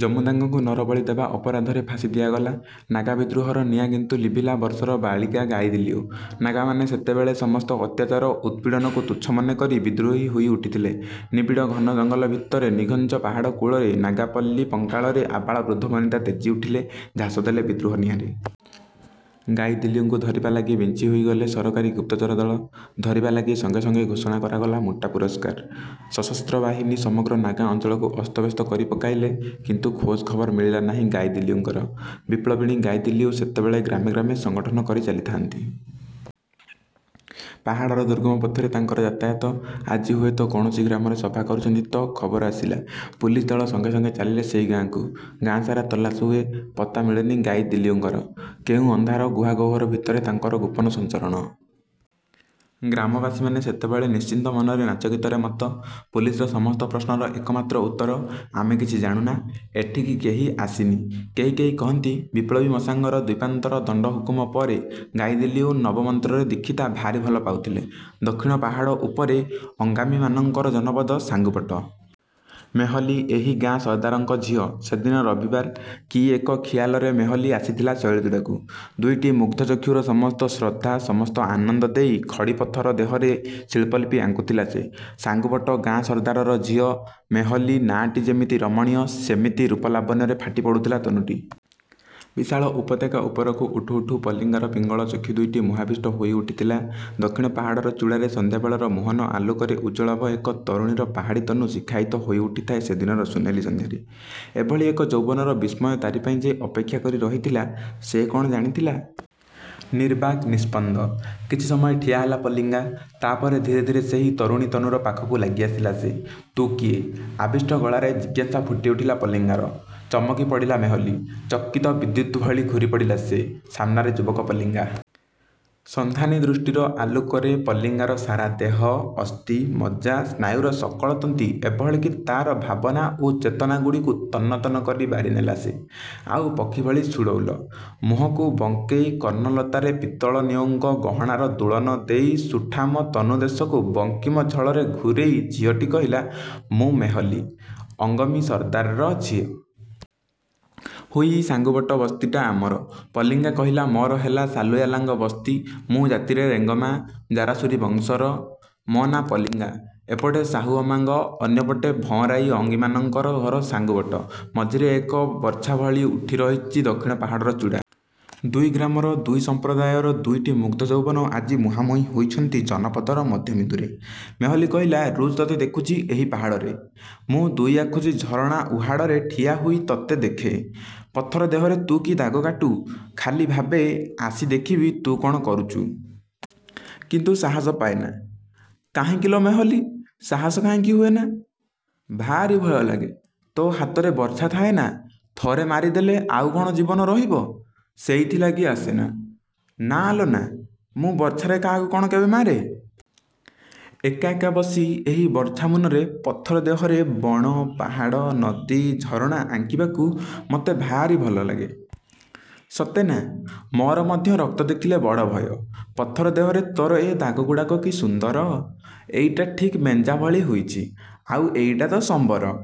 ଜମୋଦାଙ୍ଗଙ୍କୁ ନରବଳି ଦେବା ଅପରାଧରେ ଫାଶି ଦିଆଗଲା। ନାଗା ବିଦ୍ରୋହର ନିଆଁ କିନ୍ତୁ ଲିଭିଲା ବର୍ଷର ବାଳିକା ଗାଇଦିଲିଓ-। ନାଗାମାନେ ସେତେବେଳେ ସମସ୍ତ ଅତ୍ୟାଚାର, ଉତ୍ପୀଡ଼ନକୁ ତୁଚ୍ଛ ମନେକରି ବିଦ୍ରୋହୀ ହୋଇଉଠିଥିଲେ। ନିବିଡ଼ ଘନ ଜଙ୍ଗଲ ଭିତରେ, ନିଘଞ୍ଚ ପାହାଡ଼କୋଳରେ, ନାଗା ପଲ୍ଲୀ ପଙ୍କାଳରେ ଆବାଳ-ବୃଦ୍ଧ-ବିନିତା ତେଜି ଉଠିଲେ, ଝାସ ଦେଲେ ବିଦ୍ରୋହ-ନିଆଁରେ-। ଗାଇଦିଲିଓଙ୍କୁ ଧରିବା ଲାଗି ବିଞ୍ଚି ହୋଇଗଲେ ସରକାରୀ ଗୁପ୍ତଚର ଦଳ, ଧରିବା ଲାଗି ସଙ୍ଗେ ସଙ୍ଗେ ଘୋଷଣା କରାଗଲା ମୋଟା ପୁରସ୍କାର। ସଶସ୍ତ୍ରବାହିନୀ ସମଗ୍ର ନାଗା ଅଞ୍ଚଳକୁ ଅସ୍ତବ୍ୟସ୍ତ କରି ପକାଇଲେ। କିନ୍ତୁ ଖୋଜଖବର ମିଳିଲା ନାହିଁ ଗାଇଦିଲିଓଙ୍କର। ବିପ୍ଳବିଣୀ ଗାଇଦିଲିଓ ସେତେବେଳେ ଗ୍ରାମେ ଗ୍ରାମେ ସଙ୍ଗଠନ କରି ଚାଲିଥାଆନ୍ତି। ପାହାଡ଼ର ଦୁର୍ଗମ ପଥରେ ତାଙ୍କର ଯାତାୟାତ। ଆଜି ହୁଏତ କୌଣସି ଗ୍ରାମରେ ସଭା କରୁଛନ୍ତି ତ, ଖବର ଆସିଲା, ପୁଲିସ ଦଳ ସଙ୍ଗେ ସଙ୍ଗେ ଚାଲିଲେ ସେଇ ଗାଁକୁ। ଗାଁ ସାରା ତଲାସ ହୁଏ, ପତ୍ତା ମିଳେନି ଗାଇଦିଲିଓଙ୍କର-। କେଉଁ ଅନ୍ଧାର ଗୁହାଗହ୍ୱର ଭିତରେ ତାଙ୍କର ଗୋପନ ସଞ୍ଚରଣ। ଗ୍ରାମବାସୀମାନେ ସେତେବେଳେ ନିଶ୍ଚିନ୍ତ ମନରେ ନାଚଗୀତରେ ମତ୍ତ। ପୁଲିସର ସମସ୍ତ ପ୍ରଶ୍ନର ଏକମାତ୍ର ଉତ୍ତର-ଆମେ କିଛି ଜାଣୁନା, ଏଠିକି କେହି ଆସିନି। କେହି କେହି କହନ୍ତି–ବିପ୍ଳବୀ ମାଶାଙ୍ଗର ଦ୍ୱୀପାନ୍ତର ଦଣ୍ତ ହୁକୁମ ପରେ ଗାଇଦିଲିଓ ନବମନ୍ତ୍ରରେ ଦୀକ୍ଷିତା ଭାରି ଭଲ ପାଉଥିଲେ। ଦକ୍ଷିଣ ପାହାଡ଼ ଉପରେ ଅଙ୍ଗାମୀମାନଙ୍କର ଜନପଦ–ସାଙ୍ଗୁବଟ। ମେହଲୀ ଏହି ଗାଁ ସର୍ଦ୍ଦାରଙ୍କ ଝିଅ। ସେଦିନ ରବିବାର। କି ଏକ ଖିଆଲରେ ମେହଲୀ ଆସିଥିଲା ଶୈଳଚୂଡ଼ାକୁ। ଦୁଇଟି ମୁଗ୍ଧ ଚକ୍ଷୁର ସମସ୍ତ ଶ୍ରଦ୍ଧା, ସମସ୍ତ ଆନନ୍ଦ ଦେଇ ଖଡ଼ିପଥର ଦେହରେ ଶିଳ୍ପଲିପି ଆଙ୍କୁଥିଲା ସେ–ସାଙ୍ଗୁବଟ ଗାଁ ସର୍ଦ୍ଦାରର ଝିଅ। ମେହଲୀ ନାଁଟି ଯେମିତି ରମଣୀୟ, ସେମିତି ରୂପ-ଲାବଣ୍ୟରେ ଫାଟି ପଡ଼ୁଥିଲା ତନୁଟି। ବିଶାଳ ଉପତ୍ୟକା ଉପରକୁ ଉଠୁ ଉଠୁ ପଲିଙ୍ଗାର ପିଙ୍ଗଳ ଚକ୍ଷୁ ଦୁଇଟି ମୋହାବିଷ୍ଟ ହୋଇଉଠିଥିଲା। ଦକ୍ଷିଣ ପାହାଡ଼ର ଚୁଡ଼ାରେ ସନ୍ଧ୍ୟାବେଳର ମୋହନ ଆଲୋକରେ ଉଜ୍ଜ୍ୱଳାଭ ଏକ ତରୁଣୀର ପାହାଡ଼ୀ ତନୁ ଶିଖାୟିତ ହୋଇଉଠିଥାଏ ସେଦିନର ସୁନେଲି ସନ୍ଧ୍ୟାରେ। ଏଭଳି ଏକ ଯୌବନର ବିସ୍ମୟ ତାରି ପାଇଁ ଯେ ଅପେକ୍ଷା କରି ରହିଥିଲା ସେ କ'ଣ ଜାଣିଥିଲା? ନିର୍ବାକ୍, ନିସ୍ପନ୍ଦ। କିଛି ସମୟ ଠିଆ ହେଲା ପଲିଙ୍ଗା। ତାପରେ ଧୀରେ ଧୀରେ ସେହି ତରୁଣୀ ତନୁର ପାଖକୁ ଲାଗିଆସିଲା ସେ। ତୁ କିଏ? ଆବିଷ୍ଟ ଗଳାରେ ଜିଜ୍ଞାସା ଫୁଟିଉଠିଲା ପଲିଙ୍ଗାର। ଚମକି ପଡ଼ିଲା ମେହଲୀ। ଚକିତ ବିଦ୍ୟୁତ୍ ଭଳି ଘୁରିପଡ଼ିଲା ସେ। ସାମନାରେ ଯୁବକ ପଲିଙ୍ଗା। ସନ୍ଧାନୀ ଦୃଷ୍ଟିର ଆଲୋକରେ ପଲିଙ୍ଗାର ସାରା ଦେହ, ଅସ୍ଥି, ମଜ୍ଜା, ସ୍ନାୟୁର ସକଳ ତନ୍ତ୍ରୀ ଏଭଳି କି ତାର ଭାବନା ଓ ଚେତନା ଗୁଡ଼ିକୁ ତନ୍ନ ତନ୍ନ କରି ବାରିନେଲା ସେ। ଆଓ ପକ୍ଷୀ ଭଳି ସୁଡ଼ଉଲ। ମୁହଁକୁ ବଙ୍କେଇ କର୍ଣ୍ଣଲତାରେ ପିତ୍ତଳ ନିୟୋଙ୍ଗ୍ ଗହଣାର ଦୋଳନ ଦେଇ ସୁଠାମ ତନୁଦେଶକୁ ବଙ୍କିମ ଛଳରେ ଘୂରେଇ ଝିଅଟି କହିଲା–ମୁଁ ମେହଲୀ, ଅଙ୍ଗମୀ ସର୍ଦ୍ଦାରର ଝିଅ। ହୁଇ ସାଙ୍ଗୁବଟ ବସ୍ତିଟା ଆମର। ପଲିଙ୍ଗା କହିଲା–ମୋର ହେଲା ସାଲୁୟାଲାଙ୍ଗ ବସ୍ତି। ମୁଁ ଜାତିରେ ରେଙ୍ଗମା। ଜାରାସୋରି ବଂଶର। ମୋ ନାଁ ପଲିଙ୍ଗା। ଏ ପଟେ ସାହୁଆମାଙ୍ଗ, ଅନ୍ୟ ପଟରେ ଭଁରାଇ ଅଙ୍ଗାମୀମାନଙ୍କର ଘର ସାଙ୍ଗୁବଟ। ମଝିରେ ବିଶାଳ ଏକ ବର୍ଚ୍ଛା ଭଳି ଉଠି ରହିଛି ଦକ୍ଷିଣ ପାହାଡ଼ର ଚୁଡ଼ା। ଦୁଇ ଗ୍ରାମର, ଦୁଇ ସମ୍ପ୍ରଦାୟର ଦୁଇଟି ମୁଗ୍ଧ ଯୌବନ ଆଜି ମୁହାଁମୁହିଁ ହୋଇଛନ୍ତି ଜନପଦର ମଧ୍ୟବିନ୍ଦୁରେ। ମେହଲୀ କହିଲା–ରୋଜ ତତେ ଦେଖୁଚି ଏହି ପାହାଡ଼ରେ। ମୁଁ ଦୁଇଆଖୁସି ଝରଣା, ଉହାଡ଼ରେ ଠିଆହୋଇ ତତେ ଦେଖେ। ପଥର ଦେହରେ ତୁ କି ଦାଗ କାଟୁ, ଖାଲି ଭାବେ, ଆସି ଦେଖିବି ତୁ କ'ଣ କରୁଚୁ? କିନ୍ତୁ ସାହସ ପାଏନା। –କାହିଁକି ଲୋ ମେହଲୀ! ସାହସ କାହିଁକି ହୁଏନା? –ଭାରି ଭୟ ଲାଗେ। ତୋ ହାତରେ ବର୍ଚ୍ଛ। ଥାଏନା! ଥରେ ମାରିଦେଲେ ଆଉ କ'ଣ ଜୀବନ ରହିବ? ସେଇଥିଲାଗି ଆସେନା। –ନା ଲୋ ନା, ମୁଁ ବର୍ଚ୍ଛାରେ କାହାକୁ କ'ଣ କେବେ ମାରେ? ଏକା ଏକା ବସି ଏହି ବର୍ଚ୍ଛା ମୁନରେ, ପଥର ଦେହରେ ବଣ, ପାହାଡ଼, ନଦୀ, ଝରଣା ଆଙ୍କିବାକୁ ମତେ ଭାରି ଭଲ ଲାଗେ-। –ସତେ ନା! ମୋର ମଧ୍ୟ ରକ୍ତ ଦେଖିଲେ ବଡ଼ ଭୟ। ପଥର ଦେହରେ ତୋର ଏ ଦାଗଗୁଡ଼ାକ କି ସୁନ୍ଦର! ଏଇଟା ଠିକ୍ ମେନ୍ଜା ଭଳି ହୋଇଛି, ଆଉ ଏଇଟା ତ ସମ୍ବର।